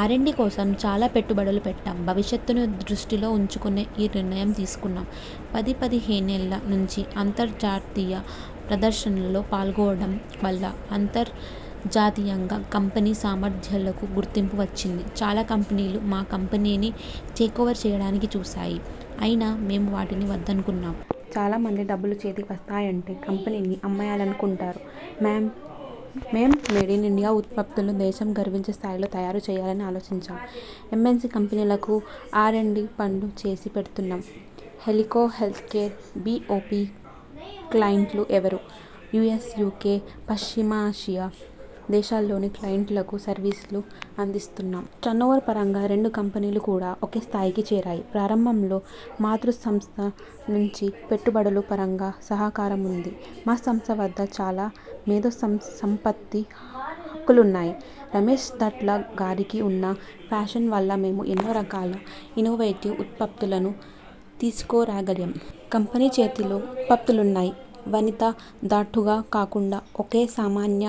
Are and D కోసం చాలా పెట్టుబడులు పెట్టాం. భవిష్యతను దృష్టిలో ఉంచుకునే ఈ నిర్ణయం తీసుకున్నాం. పదిపదిహేనేళ్ల నుంచి అంతర్జాతీయ ప్రదర్శనల్లో పాల్గొనడం వల్ల అంతర్జాతీయంగా కంపెనీ సామర్థ్యాలకు గుర్తింపు వచ్చింది. చాలా కంపెనీలు మా కంపెనీని టేకోవర్ చేయడానికి చూశాయి. అయినా మేము వాటిని వద్దనుకున్నాం. చాలా మంది డబ్బులు చేతికి వస్తున్నాయంటే కంపెనీని అమ్మేయాలనుకుంటారు. మేం, మేడ్ ఇన్ ఇండియా ఉత్పత్తులను దేశం గర్వించే స్థాయిలో తయారు చేయాలని ఆలోచించాం. ఎంఎన్సి కంపెనీలకు ఆర్అండ్ డి పనులు చేసి పెడుతున్నాం. ఎలికో హెల్త్కేర్ బిపిఒ క్లయింట్లు ఎవరు? యుఎస్, యుకె, పశ్చిమాసియా దేశాల్లోని క్లయింట్లకు సర్వీసులు అందిస్తున్నాం. టర్నోవర్ పరంగా రెండు కంపెనీలు కూడా ఒకేస్థాయికి చేరాయి. ప్రారంభంలో మాతృ సంస్థ నుంచి పెట్టుబడుల పరంగా సహకారం ఉంది. మా సంస్థ వద్ద చాలా మేధో సంపత్తి హక్కులున్నాయి. రమేష్ దాట్ల గారికి ఉన్న ఫ్యాషన్ వల్ల మేము ఎన్నో రకాల ఇన్నోవేటివ్ ఉత్పత్తులను తీసుకురాగలిగాం. కంపెనీ చేతిలో ఉత్పత్తులున్నాయి. వనిత దాట్లగా కాకుండా ఒక సామాన్య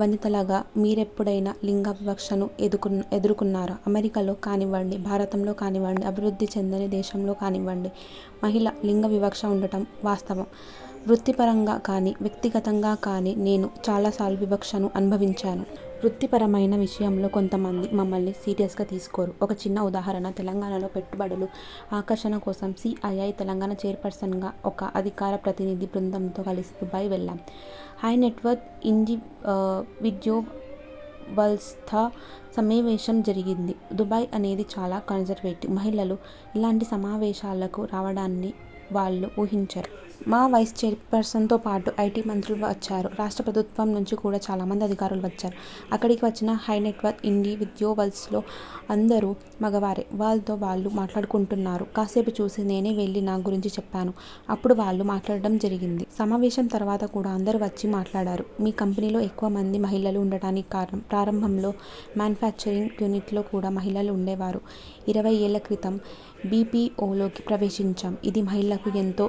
వనితలాగా మీరెప్పుడైనా లింగ వివక్షను ఎదుర్కొన్నారా? అమెరికాలో కానివ్వండి, భారతలో కానివ్వండి అభివృద్ధి చెందని దేశంలో కానివ్వండి మహిళా లింగ వివక్ష ఉండటం వాస్తవం. వృత్తిపరంగా గానీ వ్యక్తిగతంగా గానీ నేను చాలాసార్లు వివక్షను అనుభవించాను. వృత్తిపరమైన విషయంలో కొంత మంది మమ్మల్ని సీరియ్సగా తీసుకోరు. ఒక చిన్న ఉదాహరణ తెలంగాణలో పెట్టుబడుల ఆకర్షణ కోసం సిఐఐ తెలంగాణ చైర్పర్సన్గా ఒక అధికార ప్రతినిధి బృందంతో కలిసి దుబాయ్ వెళ్లాం. హైనెట్వర్త్ ఇండివిడ్యువల్స్తో సమావేశం జరిగింది. దుబాయ్ అనేది చాలా కన్జర్వేటివ్. మహిళలు ఇలాంటి సమావేశాలకు రావడాన్నే వాళ్లు ఊహించరు. మా వైస్ చైర్పర్సన్తోపాటు ఐటి మంత్రి వచ్చారు. రాష్ట్ర ప్రభు త్వం నుంచి కూడా చాలా మంది అధికారులు వచ్చారు. అక్కడికి వచ్చిన హైనెట్వర్త్ ఇండివిడ్యువల్స్లో అందరూ మగవారే. వాళ్లలో వాళ్లు మాట్లాడుకుంటున్నారు. కాసేపు చూసి, నేనే వెళ్లి నా గురించి చెప్పాను. అప్పుడు వాళ్లు మాట్లాడటం జరిగింది. సమావేశం తర్వాత కూడా అందరూ వచ్చి మాట్లాడారు. మీ కంపెనీలో ఎక్కువ మంది మహిళలు ఉండటానికి కారణం? ప్రారంభంలో మాన్యుఫ్యాక్చరింగ్ యూనిట్లో కూడా మహిళలు ఉండే వారు. ఇరవై ఏళ్ల క్రితం బిపిఒలోకి ప్రవేశించాం. ఇది మహిళలకు ఎంతో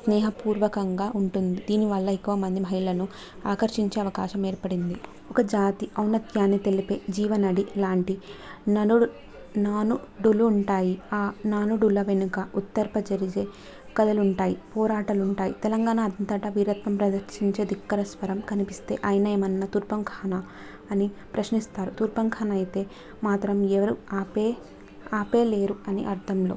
స్నేహపూర్వకంగా ఉంటుంది. దీని వల్ల ఎక్కువ మంది మహిళలను ఆకర్షించే అవకాశం ఏర్పడింది. ఒక జాతి ఔన్నత్యాన్ని తెలిపే జీవనాడి లాంటి నానుడులుంటాయి. ఆ నానుడుల వెనుక ఉత్తేజపరిచే కథలుంటాయి, పోరాటాలుంటాయి. తెలంగాణ అంతటా వీరత్వం ప్రదర్శించే ధిక్కార స్వరం కనిపిస్తే 'ఆయన ఏమన్నా తురుంఖానా? ' అని ప్రశ్నిస్తారు, తురుంఖాన్ అయితే మాత్రం ఎవరూ ఆపలేరు అనే అర్థంలో.